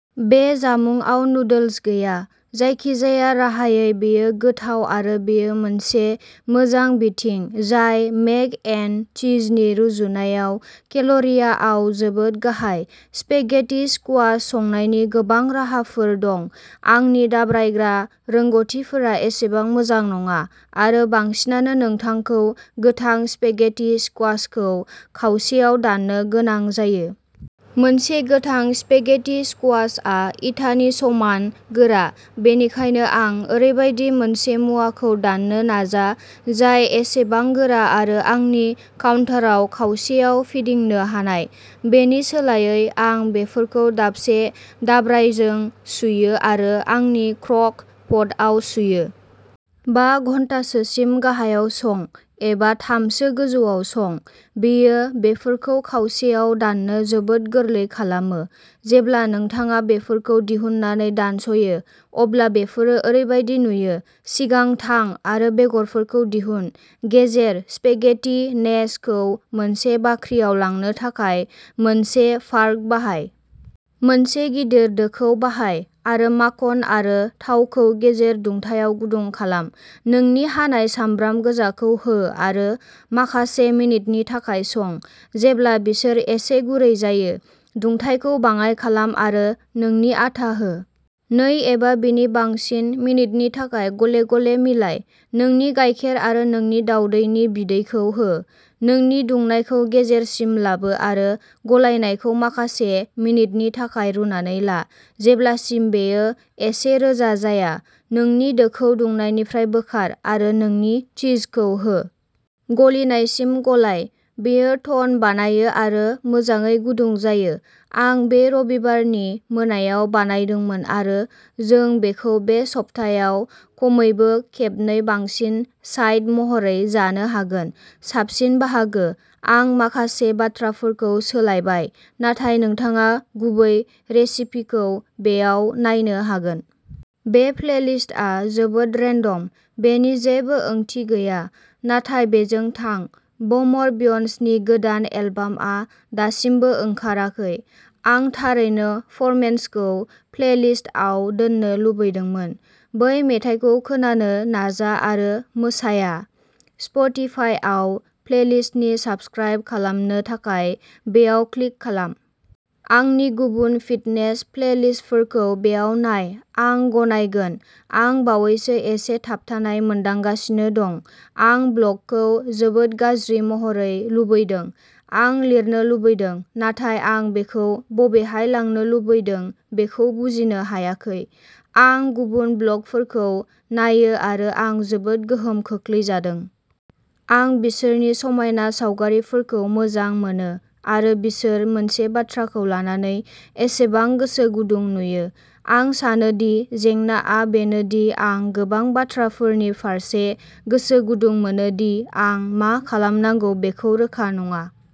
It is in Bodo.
बे जामुंआव नुडल्स गैया। जायखिजाया राहायै, बेयो गोथाव आरो बेयो मोनसे मोजां बिथिं जाय मेक एन्ड चिजनि रुजुनायाव केल'रिआव जोबोद गाहाय। स्पेगेटि स्कुवाश संनायनि गोबां राहाफोर दं। आंनि दाब्रायग्रा रोंग'थिफोरा एसेबां मोजां नङा आरो बांसिनानो नोंथांखौ गोथां स्पेगेटि स्कुवाशखौ खावसेयाव दाननो गोनां जायो। मोनसे गोथां स्पेगेटि स्कुवाशआ इटानि समान गोरा, बेनिखायनो आं ओरैबायदि मोनसे मुवाखौ दाननो नाजा जाय एसेबां गोरा आरो आंनि काउन्टाराव खावसेयाव फिदिंनो हानाय। बेनि सोलायै, आं बेफोरखौ दाबसे दाब्रायजों सुयो आरो आंनि क्रक पटआव सुयो। बा घन्टासोसिम गाहायाव सं, एबा थामसो गोजौयाव सं। बेयो बेफोरखौ खावसेयाव दाननो जोबोद गोरलै खालामो। जेब्ला नोंथाङा बेफोरखौ दिहुननानै दानस'यो अब्ला बेफोरो ओरैबायदि नुयो। सिगां थां आरो बेगरफोरखौ दिहुन। गेजेर। "स्पेगेटि-नेस" खौ मोनसे बाख्रियाव लांनो थाखाय मोनसे फार्क बाहाय। मोनसे गिदिर दोखौ बाहाय आरो माखन आरो थावखौ गेजेर दुंथायाव गुदुं खालाम। नोंनि हानाय सामब्राम गोजाखौ हो आरो माखासे मिनिटनि थाखाय सं। जेब्ला बिसोर एसे गुरै जायो। दुंथायखौ बाङाय खालाम आरो नोंनि आटा हो। नै एबा बिनि बांसिन मिनिटनि थाखाय गले-गले मिलाय। नोंनि गायखेर आरो नोंनि दाउदैनि बिदैखौ हो। नोंनि दुंनायखौ गेजेरसिम लाबो आरो गलायनायखौ माखासे मिनिटनि थाखाय रुनानै ला जेब्लासिम बेयो एसे रोजा जाया। नोंनि दोखौ दुंनायनिफ्राय बोखार आरो नोंनि चीजखौ हो। गलिनायसिम गलाय। बेयो टन बानायो आरो मोजाङै गुदुं जायो। आं बे रबिबारनि मोनायाव बानायदोंमोन आरो जों बेखौ बे सप्तायाव खमैबो खेबनै बांसिन साइड महरै जानो हागोन। साबसिन बाहागो? आं माखासे बाथ्राफोरखौ सोलायबाय, नाथाय नोंथाङा गुबै रेसिपिखौ बेयाव नायनो हागोन। बे प्लेलिस्टआ जोबोद रेन्डम। बेनि जेबो ओंथि गैया, नाथाय बेजों थां। बमर बियन्सनि गोदान एलबामआ दासिमबो ओंखाराखै। आं थारैनो फर्मेसनखौ प्लेलिस्टआव दोननो लुबैदोंमोन। बै मेथाइखौ खोनानो नाजा आरो मोसाया। स्पटिफाइआव प्लेलिस्टनि साबस्क्राइब खालामनो थाखाय बेयाव क्लिक खालाम। आंनि गुबुन फिटनेस प्लेलिस्टफोरखौ बेयाव नाय आं गनायनांगोन, आं बावैसो एसे थाबथानाय मोनदांगासिनो दं। आं ब्लगखौ जोबोद गाज्रि महरै लुबैदों। आं लिरनो लुबैदों, नाथाय आं बेखौ बबेहाय लांनो लुबैदों बेखौ बुजिनो हायाखै। आं गुबुन ब्लगफोरखौ नायो आरो आं जोबोद गोहोम खोख्लैजादों। आं बिसोरनि समायना सावगारिफोरखौ मोजां मोनो आरो बिसोर मोनसे बाथ्राखौ लानानै बेसेबां गोसो गुदुं नुयो। आं सानो दि जेंनाआ बेनो दि आं गोबां बाथ्राफोरनि फारसे गोसो गुदुं मोनो दि आं मा खालामनांगौ बेखौ रोखा नङा।